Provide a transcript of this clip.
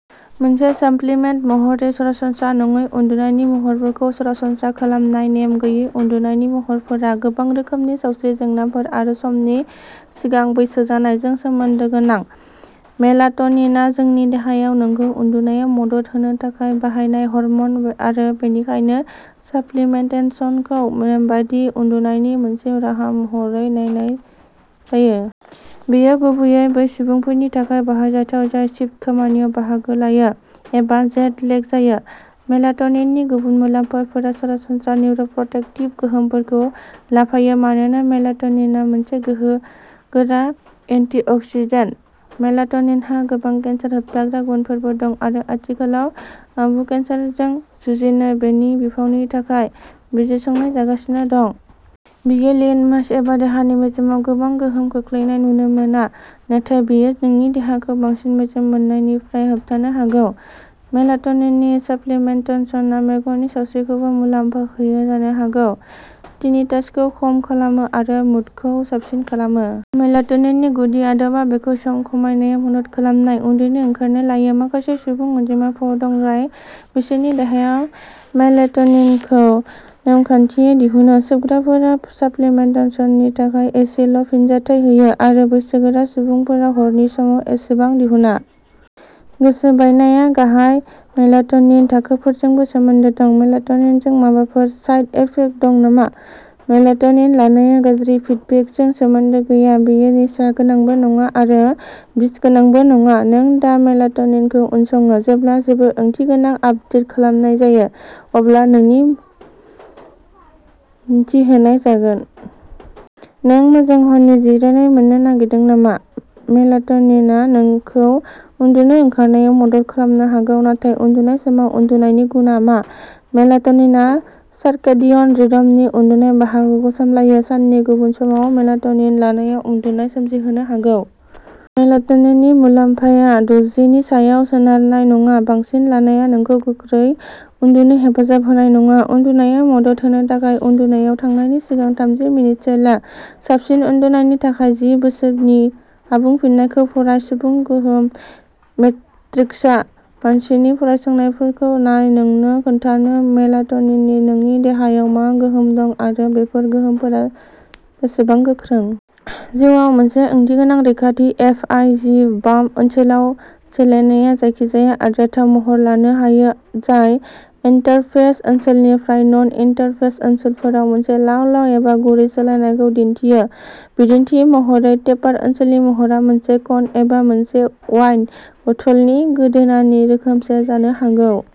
मोनसे साप्लिमेन्ट महरै सरासनस्रा नङै उन्दुनायनि महरफोरखौ सरासनस्रा खालामनाय। नेम गैयै उन्दुनायनि महरफोरा गोबां रोखोमनि सावस्रि जेंनाफोर आरो समनि सिगां बैसो जानायजों सोमोन्दो गोनां। मेलाटनिनआ नोंनि देहाया नोंखौ उन्दुनायाव मदद होनो थाखाय बाहायनाय हर्मन आरो बेनिखायनो साप्लिमेन्टेसनखौ नेमबादि उन्दुनायनि मोनसे राहा महरै नायनाय जायो। बेयो गुबैयै बै सुबुंफोरनि थाखाय बाहायजाथाव जाय शिफ्ट खामानियाव बाहागो लायो एबा जेट लेग जायो। मेलाट'निननि गुबुन मुलाम्फाफोरा सरासनस्रा निउर'प्रटेक्टिभ गोहोमफोरखौ लाफायो मानोना मेलाट'निनआ मोनसे गोहोगोरा एन्टिअक्सिडेन्ट। मेलाट'निनहा गोबां केन्सार होबथाग्रा गुनफोरबो दं आरो आथिखालाव आबु केन्सारजों जुजिनो बेनि बिफावनि थाखाय बिजिरसंनाय जागासिनो दं। बेयो लीन मास एबा देहानि मेजेमाव गोबां गोहोम खोख्लैनाय नुनो मोना नाथाय बेयो नोंनि देहाखौ बांसिन मेजेम मोननायनिफ्राय होबथानो हागौ। मेलाट'निन साप्लिमेन्टेसनआ मेगननि सावस्रिखौबो मुलाम्फा होयो जानो हागौ टिनिटासखौ खम खालामो आरो मुडखौ साबसिन खालामो। मेलाट'निननि गुदि आदबआ बेखौ सम खमायनायाव मदद खालामनाय। उन्दुनो ओंखारनो लायो। माखासे सुबुं अनजिमाफोर दं जाय बिसोरनि देहायाव मेलेटनिनखौ नेमखान्थियै दिहुनो। सोबग्राफोरा साप्लिमेन्टेसननि थाखाय एसेल'फिनजाथाय होयो, आरो बैसोगोरा सुबुंफोरा हरनि समाव एसेबां दिहुना। गोसो बायनाया गाहाय मेलाटनिन थाखोफोरजोंबो सोमोन्दो दं। मेलाटनिनजों माबाफोर साइड इफेक्ट दं नामा? मेलाटनिन लानाया गाज्रि फिडबेकजों सोमोन्दो गैया। बेयो निसा गोनांबो नङा आरो बिसगोनांबो नङा। नों दा मेलाटनिनखौ उनसङो। जेब्ला जेबो ओंथिगोनां आपदेट खालामनाय जायो अब्ला नोंनि मिथि होनाय जागोन। नों मोजां हरनि जिरायनाय मोन्नो नागिरदों नामा? मेलाटनिनआ नोंखौ उन्दुनो ओंखारनायाव मदद खालामनो हागौ, नाथाय उन्दुनाय समाव उन्दुनायनि गुनआ मा? मेलाटनिनआ सार्केडियन रिदमनि उन्दुनाय बाहागोखौ सामलायो। साननि गुबुन समाव मेलाटनिन लानाया उनदुनाय सोमजिहोनो हागौ। मेलाट'निननि मुलाम्फाया द'जिनि सायाव सोनारनाय नङा-बांसिन लानाया नोंखौ गोख्रै उन्दुनो हेफाजाब होनाय नङा। उन्दुनायाव मदद होनो थाखाय, उन्दुनायाव थांनायनि सिगां थामजि मिनिटसो ला। साबसिन उन्दुनायनि थाखाय जि बोसोनफोर नि आबुं फिननायखौ फराय सुबुं गोहोम मेट्रिक्सआ मानसिनि फरायसंनायफोरखौ नाय नोंनो खोन्थानो मेलाट'निननि नोंनि देहायाव मा गोहोम दं आरो बेफोर गोहोमफोरा बेसेबां गोख्रों। जिउआव मोनसे ओंथिगोनां रैखाथि एफ आइ जि बाम्प ओनसोलाव सोलायनायआ जायखिजाया आरजाथाव महर लानो हायो जाय इन्टारफेस ओनसोलनिफ्राय नन इन्टारफेस ओनसोलफोराव मोनसे लाव लाव एबा गुरै सोलायनायखौ दिन्थियो। बिदिन्थि महरै, टेपार ओनसोलनि महरा मोनसे कन एबा मोनसे वाइन बथलनि गोदोनानि रोखोमसे जानो हागौ।